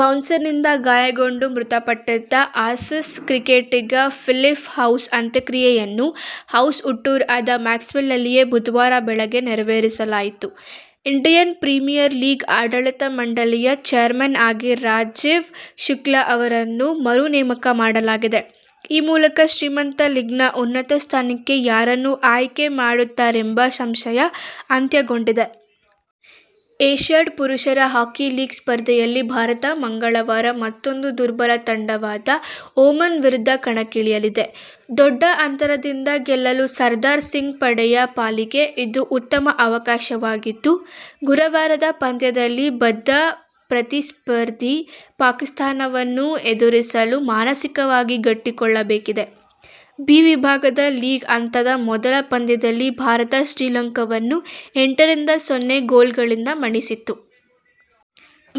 ಬೌನ್ಸರ್ನಿಂದ ಗಾಯಗೊಂಡು ಮೃತಪಟ್ಟಿದ್ದ ಆಸೀಸ್ ಕ್ರಿಕೆಟಿಗ ಫಿಲಿಪ್ ಹ್ಯೂಸ್ ಅಂತ್ಯಕ್ರಿಯೆಯನ್ನು ಹ್ಯೂಸ್ ಹುಟ್ಟೂರಾದ ಮ್ಯಾಕ್ಸ್ವಿಲ್ಲೆಯಲ್ಲಿ ಬುಧವಾರ ಬೆಳಿಗ್ಗೆ ನೆರವೇರಿಸಲಾಯಿತು. ಇಂಡಿಯನ್ ಪ್ರೀಮಿಯರ್ ಲೀಗ್ ಆಡಳಿತ ಮಂಡಳಿಯ ಚೇರ್ಮನ್ ಆಗಿ ರಾಜೀವ್ ಶುಕ್ಲ ಅವರನ್ನು ಮರು ನೇಮಕ ಮಾಡಲಾಗಿದೆ. ಈ ಮೂಲಕ ಶ್ರೀಮಂತ ಲೀಗ್ನ ಉನ್ನತ ಸ್ಥಾನಕ್ಕೆ ಯಾರನ್ನು ಆಯ್ಕೆ ಮಾಡುತ್ತಾರೆಂಬ ಸಂಶಯ ಅಂತ್ಯಗೊಂಡಿದೆ. ಏಶ್ಯಾಡ್ ಪುರುಷರ ಹಾಕಿ ಲೀಗ್ ಸ್ಪರ್ಧೆಯಲ್ಲಿ ಭಾರತ ಮಂಗಳವಾರ ಮತ್ತೊಂದು ದುರ್ಬಲ ತಂಡವಾದ ಒಮಾನ್ ವಿರುದ್ಧ ಕಣಕ್ಕಿಳಿಯಲಿದೆ. ದೊಡ್ಡ ಅಂತರದಿಂದ ಗೆಲ್ಲಲು ಸರ್ದಾರ್ ಸಿಂಗ್ ಪಡೆಯ ಪಾಲಿಗೆ ಇದು ಉತ್ತಮ ಅವಕಾಶವಾಗಿದ್ದು, ಗುರುವಾರದ ಪಂದ್ಯದಲ್ಲಿ ಬದ್ಧ ಪ್ರತಿಸ್ಪರ್ಧಿ ಪಾಕಿಸ್ಥಾನವನ್ನು ಎದುರಿಸಲು ಮಾನಸಿಕವಾಗಿ ಗಟ್ಟಿಗೊಳ್ಳಬೇಕಿದೆ. ಬಿ ವಿಭಾಗದ ಲೀಗ್ ಹಂತದ ಮೊದಲ ಪಂದ್ಯದಲ್ಲಿ ಭಾರತ ಶ್ರೀಲಂಕಾವನ್ನು ಎಂಟರಿಂದ ಸೊನ್ನೆ ಗೋಲುಗಳಿಂದ ಮಣಿಸಿತ್ತು.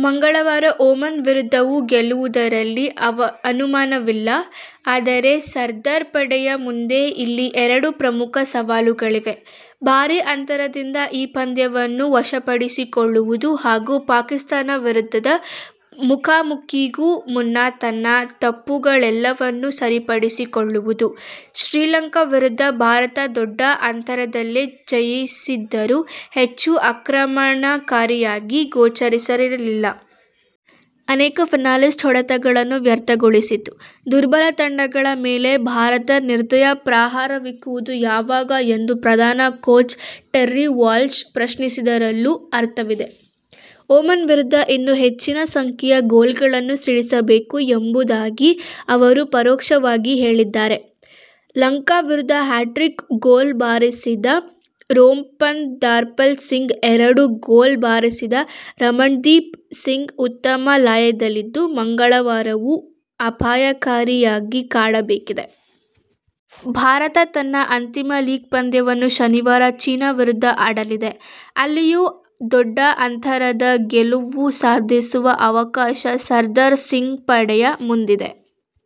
ಮಂಗಳವಾರ ಒಮಾನ್ ವಿರುದ್ಧವೂ ಗೆಲ್ಲುವುದರಲ್ಲಿ ಅನುಮಾನವಿಲ್ಲ. ಆದರೆ ಸರ್ದಾರ್ ಪಡೆಯ ಮುಂದೆ ಇಲ್ಲಿ ಎರಡು ಪ್ರಮುಖ ಸವಾಲುಗಳಿವೆ. ಭಾರೀ ಅಂತರದಿಂದ ಈ ಪಂದ್ಯವನ್ನು ವಶಪಡಿಸಿಕೊಳ್ಳುವುದು ಹಾಗೂ ಪಾಕಿಸ್ಥಾನ ವಿರುದ್ಧದ ಮುಖಾಮುಖೀಗೂ ಮುನ್ನ ತನ್ನ ತಪ್ಪುಗಳೆಲ್ಲವನ್ನೂ ಸರಿಪಡಿಸಿಕೊಳ್ಳುವುದು. ಶ್ರೀಲಂಕಾ ವಿರುದ್ಧ ಭಾರತ ದೊಡ್ಡ ಅಂತರದಿಂದಲೇ ಜಯಿಸಿದರೂ ಹೆಚ್ಚು ಆಕ್ರಮಣಕಾರಿಯಾಗಿ ಗೋಚರಿಸಿರಲಿಲ್ಲ. ಅನೇಕ ಪೆನಾಲ್ಟಿ ಹೊಡೆತಗಳನ್ನು ವ್ಯರ್ಥಗೊಳಿಸಿತ್ತು. ದುರ್ಬಲ ತಂಡಗಳ ಮೇಲೆ ಭಾರತ ನಿರ್ದಯ ಪ್ರಹಾರವಿಕ್ಕುವುದು ಯಾವಾಗ ಎಂದು ಪ್ರಧಾನ ಕೋಚ್ ಟೆರ್ರಿ ವಾಲ್ಶ್ ಪ್ರಶ್ನಿಸಿದ್ದರಲ್ಲೂ ಅರ್ಥವಿದೆ. ಒಮಾನ್ ವಿರುದ್ಧ ಇನ್ನೂ ಹೆಚ್ಚಿನ ಸಂಖ್ಯೆಯ ಗೋಲುಗಳನ್ನು ಸಿಡಿಸಬೇಕು ಎಂಬುದಾಗಿ ಅವರು ಪರೋಕ್ಷವಾಗಿ ಹೇಳಿದ್ದಾರೆ. ಲಂಕಾ ವಿರುದ್ಧ ಹ್ಯಾಟ್ರಿಕ್ ಗೋಲು ಬಾರಿಸಿದ ರೂಪಿಂದರ್ಪಾಲ್ ಸಿಂಗ್, ಎರಡು ಗೋಲು ಬಾರಿಸಿದ ರಮಣ್ದೀಪ್ ಸಿಂಗ್ ಉತ್ತಮ ಲಯದಲ್ಲಿದ್ದು, ಮಂಗಳವಾರವೂ ಅಪಾಯಕಾರಿಯಾಗಿ ಕಾಡಬೇಕಿದೆ. ಭಾರತ ತನ್ನ ಅಂತಿಮ ಲೀಗ್ ಪಂದ್ಯವನ್ನು ಶನಿವಾರ ಚೀನಾ ವಿರುದ್ಧ ಆಡಲಿದೆ. ಇಲ್ಲಿಯೂ ದೊಡ್ಡ ಅಂತರದ ಗೆಲುವು ಸಾಧಿಸುವ ಅವಕಾಶ ಸರ್ದಾರ್ ಸಿಂಗ್ ಪಡೆಯ ಮುಂದಿದೆ.